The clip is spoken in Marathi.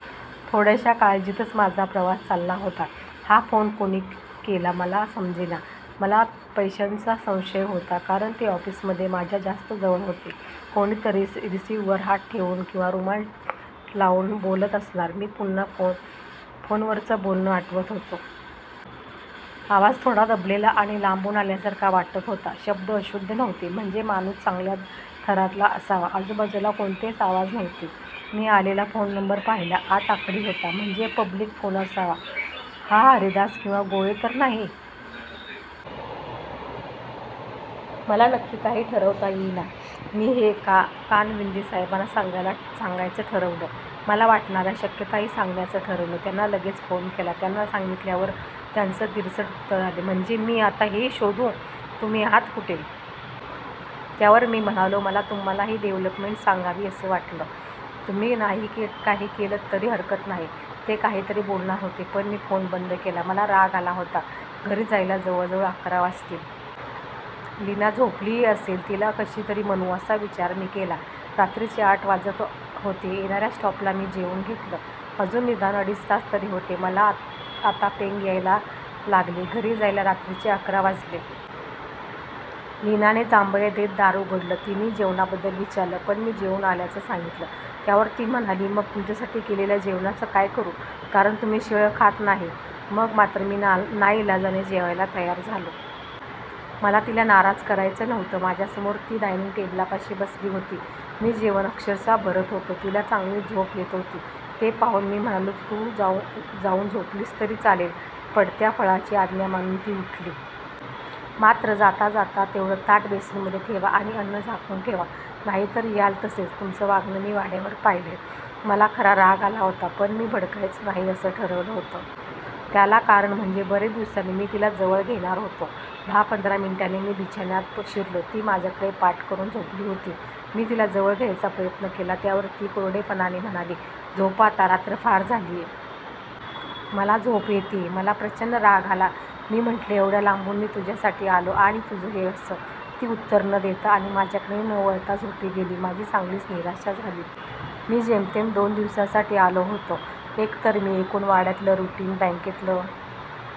थोड्याशा काळजीतच माझा प्रवास चालला होता. हा फोन कोणी केला, मला समजेना. मला पैंशंचा संशय होता. कारण ते ऑफिसमध्ये माझ्या जास्त जवळ होते. कोणीतरी रिसिव्हरवर हात ठेवून किंवा रुमाल लावून बोलत असणार. मी पुन्हा पुन्हा फोनवरचं बोलणं आठवत होतो. आवाज थोडा दबलेला आणि लांबून आल्यासारखा वाटत होता. शब्द अशुद्ध नव्हते. म्हणजे माणूस चांगल्या थरातला असावा. आजूबाजूला कोणतेच आवाज नव्हते. मी आलेला फोन नंबर पाहिला. आठ आकडी होता. म्हणजे पब्लिक फोन असावा. हा हरिदास, किंवा गोळे तर नाही? मला नक्की काही ठरवता येईना. मी हे कानविंदे साहेबांना सांगायचं ठरवलं. मला वाटणाऱ्या शक्यताही सांंगण्याचं ठरवलं. त्यांना लगेचच फोन लावला. त्यांना सांगितल्यावर त्यांचं तिरसट उत्तर आलं. म्हणजे मी आता हेही शोधू तुम्ही आहात कुठे? " त्यावर मी म्हणालो," मला तुम्हाला ही डेव्हलपमेंट सांगावी असं वाटलं. तुम्ही नाही काही केलंत तरी हरकत नाही". ते काहीतरी बोलणार होते. पण मी फोन बंद केला. मला राग आला होता.घरी जायला जवळजवळ अकरा वाजतील. लीना झोपलीही असेल. तिला कशी तरी मनवू. असा विचार मी केला. रात्रीचे आठ वाजत होते. येणाऱ्या स्टॉपला मी जेवून घेतलं. अजून निदान अडीच तास तरी होते. मला आता पेंग यायला लागली. घरी जायला रात्रीचे अकरा वाजले. लीनाने जांभया देत दार उघडलं. तिनी जेवणाबद्दल विचारलं. पण मी जेऊन आल्याचं सांगितलं. त्यावर ती म्हणाली," मग तुमच्यासाठी केलेल्या जेवणाचं काय करु? कारण तुम्ही शिळं खात नाही". मग मात्र मी नाईलाजाने जेवायला तयार झालो. मला तिला नाराज करायचं नव्हतं. माझ्यासमोर ती डायनिंग टेबलापाशी बसली होती. मी जेवण अक्षरशः भरत होतो. तिला चांगलीच झोप येत होती. ते पाहून मी म्हणालो," तू जाऊन झोपलीस तरी चालेल. " पडत्या फळाची आज्ञा मानून ती उठली. मात्र जाता जाता," तेवढं ताट बेसिन मधे ठेवा आणि अन्न झाकून उठा. नाही तर याल तसेच. तुमचं वागणं मी वाड्यावर पाहिलंय. " मला खरा राग आला होता, पण मी भडकायचं नाही असं ठरवलं होतं. त्याला कारण म्हणजे बरेच दिवसांनी मी तिला जवळ घेणार होतो. दहा पंधरा मिनिटांनी मी बिछान्यात शिरलो. ती माझ्या कडे पाठ करून झोपली होती. मी तिला जवळ घ्यायचा प्रयत्न केला त्यावर ती कोरडेपणानी म्हणाली," झोपा आता, रात्र फार झालिये. मला झोप येतीये " मला प्रचंड राग आला. मी म्हंटले " एवढ्या लांबून मी तुझ्या साठी आलो. आणि तुझं हे असं " ती उत्तर न देता आणि माझ्याकडे न वळता झोपी गेली. माझी चांगलीच निराशा झाली. मी जेमतेम दोन दिवसांसाठी आलो होतो. एक तर मी एकूण वाड्यातलं रुटीन, बॅंकेतलं